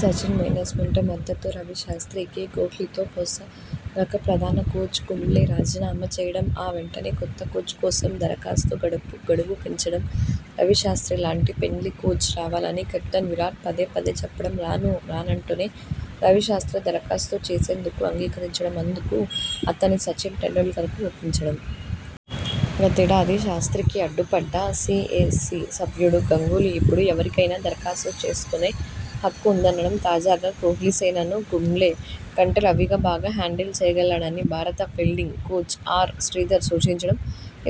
Sachin, management మద్దతు రవిశాస్ర్తికే! కోహ్లీతో పొసగక ప్రధాన కోచ్ కుంబ్లే రాజీనామా చేయడంఆ వెంటనే కొత్త కోచ్ కోసం దరఖాస్తుల గడువు పెంచడం.. రవిశాస్ర్తి లాంటి 'ఫ్రెండ్లీ' కోచ్ రావాలని కెప్టెన్ విరాట్ పదే పదే చెప్పడం.. రాను రానంటూనే రవిశాస్ర్తి దరఖాస్తు చేసేందుకు అంగీకరించడంఅందుకు అతణ్ని సచిన్ టెండూల్కర్ ఒప్పించడం.. గతేడాది శాస్ర్తికి అడ్డుపడ్డ సీఏసీ సభ్యుడు గంగూలీ ఇప్పుడు ఎవరికైనా దరఖాస్తు చేసుకునే హక్కు ఉందనడం.. తాజాగా కోహ్లీసేనను కుంబ్లే కంటే రవినే బాగా 'హ్యాండిల్' చేయగలడని భారత ఫీల్డింగ్ కోచ్ ఆర్ శ్రీధర్ సూచించడం..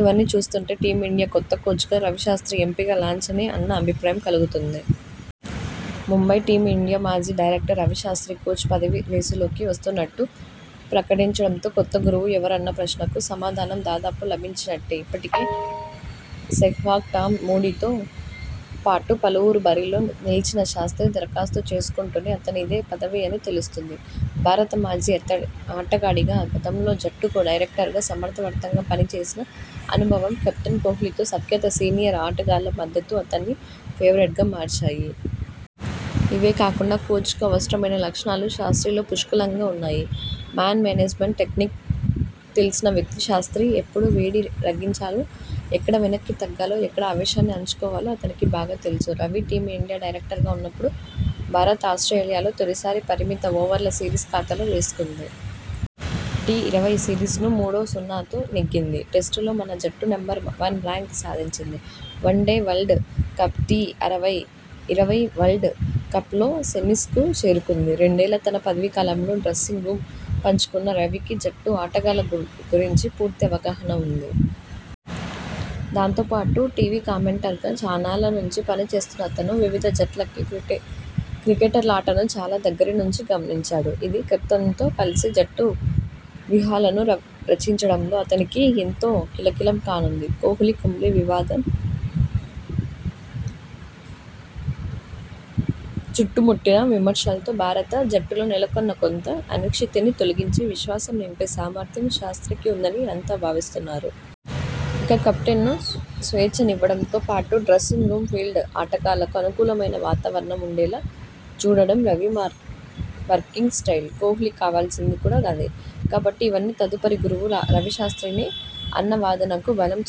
ఇవన్నీ చూస్తుంటే టీమిండియా కొత్త కోచ్ గా రవిశాస్ర్తి ఎంపిక లాంఛనమే అన్న అభిప్రాయం కలుగుతోంది..! ముంబై టీమిండియా మాజీ డైరెక్టర్ రవిశాస్ర్తి కోచ్ పదవి రేసులోకి వస్తున్నట్టు ప్రకటించడంతో కొత్త గురువు ఎవరన్న ప్రశ్నకు సమాధానం దాదాపు లభించినట్టే. ఇప్పటికే.. సెహ్వాగ్, టామ్ మూడీతో పాటు పలువురు బరిలో నిలిచినా.. శాస్ర్తి దరఖాస్తు చేసుకుంటే అతనిదే పదవి అని తెలుస్తోంది. భారత మాజీ ఆటగాడిగా, గతంలో జట్టుకు డైరెక్టర్గా సమర్థవంతంగా పనిచేసిన అనుభవం, కెప్టెన్ కోహ్లీతో సఖ్యత, సీనియర్ ఆటగాళ్ల మద్దతు అతణ్ణి ఫేవరెట్ గా మార్చాయి. ఇవే కాకుండా కోచ్ కు అవసరమైన లక్షణాలు శాస్ర్తిలో పుష్కలంగా ఉన్నాయి. 'మ్యాన్ మేనేజ్మెంట్' టెక్నిక్ తెలిసిన వ్యక్తి శాస్ర్తి. ఎప్పుడు వేడి రగిలించాలో.. ఎక్కడ వెనక్కి తగ్గాలో, ఎప్పుడు ఆవేశాన్ని అణచుకోవాలో అతనికి బాగా తెలుసు. రవి టీమిండియా డైరెక్టర్గా ఉన్నప్పుడు భారత్ఆస్ట్రేలియాలో తొలిసారి పరిమిత ఓవర్ల సిరీస్ ఖాతాలో వేసుకుంది. టీ ఇరవై సిరీస్ను మూడు సున్నాతో నెగ్గింది. టెస్టుల్లో మన జట్టు నెంబర్ వన్ ర్యాంక్ సాధించింది. వన్డే వరల్డ్ కప్, టీ ఇరవై వరల్డ్ కప్ లో సెమీస్ కు చేరుకుంది. రెండేళ్ల తన పదవీకాలంలో డ్రెస్సింగ్ రూమ్ పంచుకున్న రవికి జట్టు ఆటగాళ్ల గురించి పూర్తి అవగాహన ఉంది. దాంతో పాటు.. టీవీ కామెంటేటర్గా చాన్నాళ్ల నుంచి పని చేస్తున్న అతను వివిధ జట్ల క్రికెటర్ల ఆటను చాలా దగ్గరి నుంచి గమనించాడు. ఇది, కెప్టెన్తో కలిసి జట్టు వ్యూహాలను రచించడంలో అతనికి ఎంతో కీలకం కానుంది. కోహ్లీ కుంబ్లే వివాదం, చుట్టుముట్టిన విమర్శలతో భారత జట్టులో నెలకొన్న కొంత అనిశ్చితిని తొలగించి విశ్వాసం నింపే సామ ర్థ్యం శాస్ర్తికి ఉందని అంతా భావిస్తున్నారు. ఇక కెప్టెన్కు స్వేచ్ఛనివ్వడంతో పాటు డ్రెస్సింగ్ రూమ్, ఫీల్డ్లో ఆటగాళ్లకు అనుకూలమైన వాతావరణం ఉండేలా చూడడం రవి వర్కింగ్ స్టయిల్. కోహ్లీకి కావాల్సింది కూడా అదే. కాబట్టి ఇవన్నీ తదుపరి గురువు రవిశాస్ర్తినే అన్న వాదనకు బలం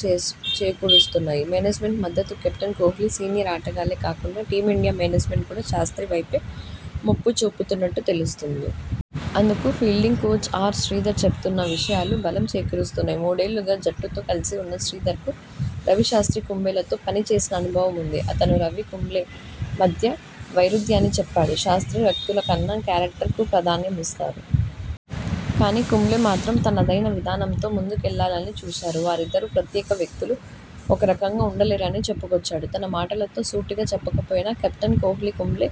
చేకూరుస్తున్నాయి. మేనేజ్మెంట్ మద్దతు కెప్టెన్ కోహ్లీ, సీనియర్ ఆటగాళ్లే కాకుండా టీమిండియా మేనేజ్మెంట్ కూడా శాస్ర్తివైపే మొగ్గు చూపుతున్నట్టు తెలుస్తోంది. అందుకు, ఫీల్డింగ్ కోచ్ ఆర్ శ్రీధర్ చెబుతున్న విషయాలు బలం చేకూరుస్తున్నాయి. మూడేళ్లుగా జట్టుతో కలిసి ఉన్న శ్రీధర్ కు రవిశాస్ర్తి, కుంబ్లేతో పని చేసిన అనుభవం ఉంది. అతను రవి, కుంబ్లే మధ్య వైరుధ్యాన్ని చెప్పాడు. 'శాస్ర్తి వ్యక్తుల కన్నా క్యారెక్టర్ కు ప్రాధాన్యం ఇస్తారు. కానీ, కుంబ్లే మాత్రం తనదైన విధానంతో ముందుకెళ్లాలని చూశారు. వారిద్దరూ ప్రత్యేక వ్యక్తులు. ఒకే రకంగా ఉండలేరని చెప్పుకొచ్చాడు. తన మాటలతో సూటిగా చెప్పకపోయినా.. కెప్టెన్ కోహ్లీని కుంబ్లే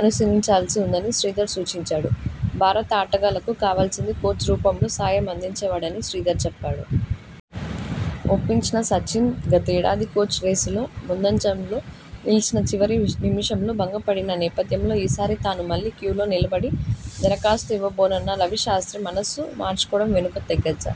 అనుసరించాల్సి ఉందని శ్రీధర్ సూచించాడు. భారత ఆటగాళ్లకు కావాల్సింది కోచ్ రూపంలో సాయం అందించే వాడని శ్రీధర్ చెప్పాడు. ఒప్పించిన సచిన్! గతేడాది కోచ్ రేసులో ముందంజలో నిలిచినా.. చివరి నిమిషంలో భంగపడిన నేపథ్యంలో ఈసారి తాను మళ్లీ క్యూలో నిలబడి దరఖా స్తు ఇవ్వబోనన్న రవిశాస్ర్తి మనసు మార్చుకోవడం వెనుక దిగ్గజ